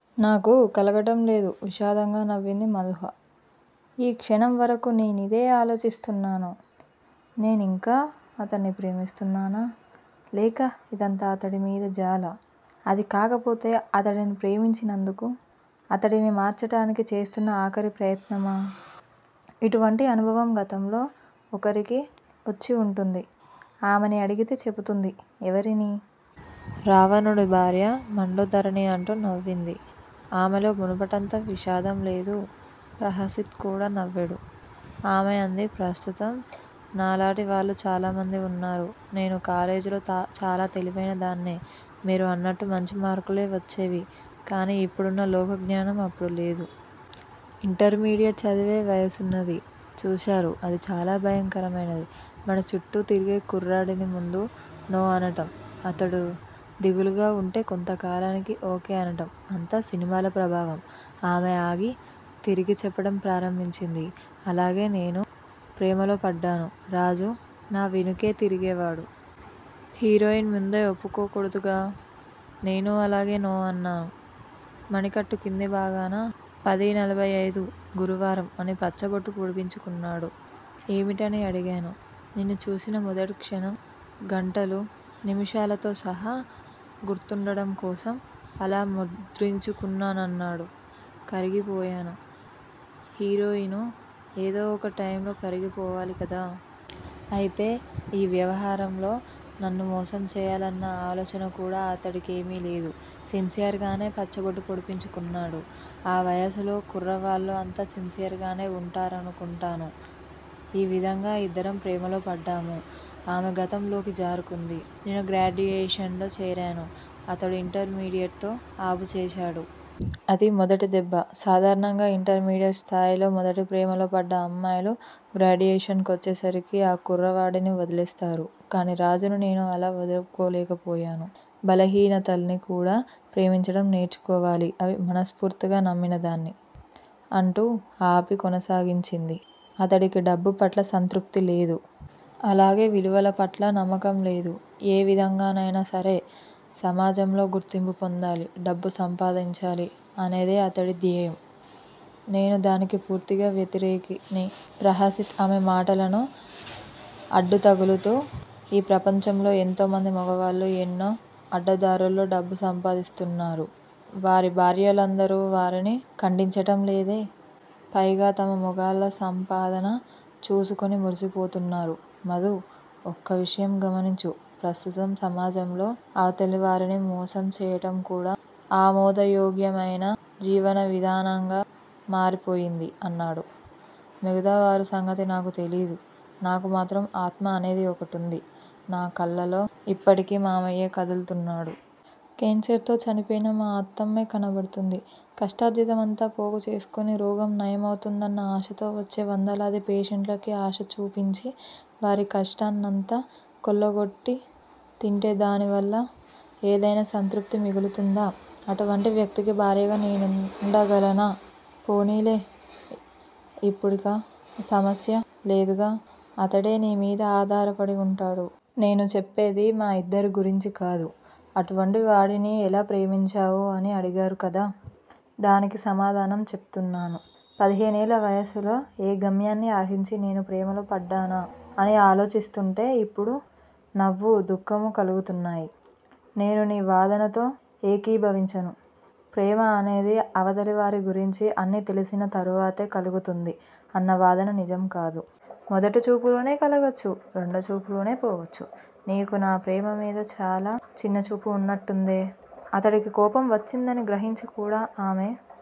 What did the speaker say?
నాకూ కలగటం లేదు విషాదంగా నవ్వింది మధూహ. ఈ క్షణం వరకూ నేనిదే ఆలోచిస్తున్నాను. నేనింకా అతన్ని ప్రేమిస్తున్నానా? లేక ఇదంతా అతడిమీద జాలా? అదీకాకపోతే అతడిని ప్రేమించినందుకు అతడిని మార్చటానికి చేస్తున్న ఆఖరి ప్రయత్నమా? ఇటువంటి అనుభవం గతంలో ఒకరికి వచ్చివుంటుంది. ఆమెని అడిగితే చెపుతుంది ఎవరిని? 'రావణుడి భార్య మండోదరిని అంటూ నవ్వింది. ఆమెలో మునపటంత విషాదం లేదు. ప్రహసిత్ కూడా నవ్వేడు. ఆమె అంది ప్రస్తుతం నాలాటి వాళ్ళు చాలామంది వున్నారు. నేను కాలేజీలో చాలా తెలివైనదాన్నే. మీరు అన్నట్టు మంచి మార్కులే వచ్చేవి. కానీ ఇప్పుడున్న లోకజ్ఞానం అప్పుడు లేదు. ఇంటర్మీడియెట్ చదివే వయసున్నది చూసారూ అది చాలా భయంకరమైనది. మనచుట్టూ తిరిగే కుర్రాడిని ముందు'నో' అనటం అతడు దిగులుగా వుంటే, కొంతకాలానికి 'ఓ. కే. ' అనడం అంతా సినిమాల ప్రభావం ఆమె ఆగి, తిరిగి చెప్పడం ప్రారంభించింది. అలాగే నేనూ ప్రేమలో పడ్డాను. రాజు నావెనుకే తిరిగేవాడు. హీరోయిన్ ముందే ఒప్పుకోకూడదుగా. నేనూ అలాగే 'నో' అన్నా. మణికట్టు క్రిందిభాగాన 'పది నలభై ఐదు ' గురువారం' అని పచ్చబొట్టు పొడిపించుకున్నాడు. ఏమిటని అడిగాను. నిన్ను చూసిన మొదటి క్షణం, గంటలూ నిముషాలతో సహా గుర్తుండడం కోసం అలా ముద్రించుకున్నానన్నాడు. కరిగిపోయాను హీరోయిను ఏదో ఒకటైము కరిగిపోవాలికదా. అయితే ఈ వ్యవహారంలో నన్ను మోసంచేయాలన్న ఆలోచన కూడా అతడి కేమీలేదు. సిన్సియర్ గానే పచ్చబొట్టు పొడిపించుకున్నాడు. ఆ వయసులో కుర్రవాళ్ళు అంత సిన్సియర్ గానే వుంటారనుకుంటాను. ఈ విధంగా ఇద్దరం ప్రేమలోపడ్డాము ఆమె గతంలోకి జారుకుంది. నేను గ్రాడ్యుయేషన్ లో చేరాను. అతడు ఇంటర్మీడియట్ తో ఆపుచేసాడు. అది మొదటిదెబ్బ. సాధారణంగా ఇంటర్మీడియట్ స్థాయిలో మొదట ప్రేమలో పడ్డ అమ్మాయిలు, గ్రాడ్యుయేషన్ కొచ్చేసరికి ఆ కుర్రవాడిని వదిలేస్తారు. కానీ రాజుని నేను అలా వదలుకోలేకపోయాను. బలహీనతల్ని కూడా ప్రేమించటం నేర్చుకోవాలి అవి మనస్ఫూర్తిగా నమ్మినదాన్ని ' అంటూ ఆపి, కొనసాగించింది. అతడికి డబ్బుపట్ల సంతృప్తి లేదు. అలాగే విలువలపట్ల నమ్మకంలేదు. ఏ విధంగానైనా సరే సమాజంలో గుర్తింపు పొందాలి, డబ్బు సంపాదించాలి అనేదే అతడి ధ్యేయం. నేను దానికి పూర్తిగా వ్యతిరేకిని ప్రహసిత్ ఆమె మాటలను అడ్డుతగులుతూ ఈ ప్రపంచంలో ఎంతోమంది మగవాళ్ళు ఎన్నో అడ్డదారుల్లో డబ్బు సంపాదిస్తున్నారు. వారి భార్యలందరూ వారిని ఖండించటంలేదే. పైగా తమ మొగాళ్ళ సంపాదన చూసుకుని మురిసిపోతున్నారు. మధూ! ఒక్క విషయం గమనించు! ప్రస్తుతం సమాజంలో అవతలివారిని మోసం చేయటం కూడా ఆమోదయోగ్యమైన జీవనవిధానంగా మారిపోయింది అన్నాడు. మిగతా వారి సంగతి నాకు తెలియదు. నాకు మాత్రం ఆత్మ అనేది ఒకటుంది. నా కళ్ళలో ఇప్పటికీ మామయ్యే కదులుతున్నాడు. కేన్సర్ తో చనిపోయిన మా అత్తమ్మే కనపడుతూంది. కష్టార్జితమంతా పోగుచేసుకుని, రోగం నయమవుతుందన్న ఆశతో వచ్చే వందలాది పేషెంట్లకి ఆశచూపించి వారి కష్టన్నంతా కొల్లగొట్టి తింటే దానివల్ల ఏదైనా సంతృప్తి మిగులుతుందా? అటువంటి వ్యక్తికి భార్యగా నేనుండగలనా? పోనీలే. ఇప్పుడిక ఆ సమస్య లేదుగా. అతడే నీ మీద ఆధారపడి వుంటాడు. నేను చెప్పేది మా ఇద్దరి గురించికాదు. అటువంటివాడిని ఎలా ప్రేమించావు అని అడిగారు కదా! డానికి సమాధానం చెపుతున్నాను. పదిహేనేళ్ళ వయసులో ఏ గమ్యాన్ని ఆశించి నేను ప్రేమలో పడ్డానా అని ఆలోచిస్తూంటే ఇప్పుడు నవ్వూ, దుఃఖమూ కలుగుతున్నాయి. నేను నీ వాదనతో ఏకీభావించను. ప్రేమ అనేది అవతలి వారి గురించి అన్నీ తెలిసిన తరువాతే కలుగుతుంది అన్న వాదన నిజం కాదు. మొదటి చూపులోనే కలగొచ్చు రెండో చూపులోనే పోవచ్చు. నీకు నాప్రేమ మీద చాలా చిన్నచూపు వున్నట్టుందే. అతడికి కోపం వచ్చిందని గ్రహించి కూడా ఆమె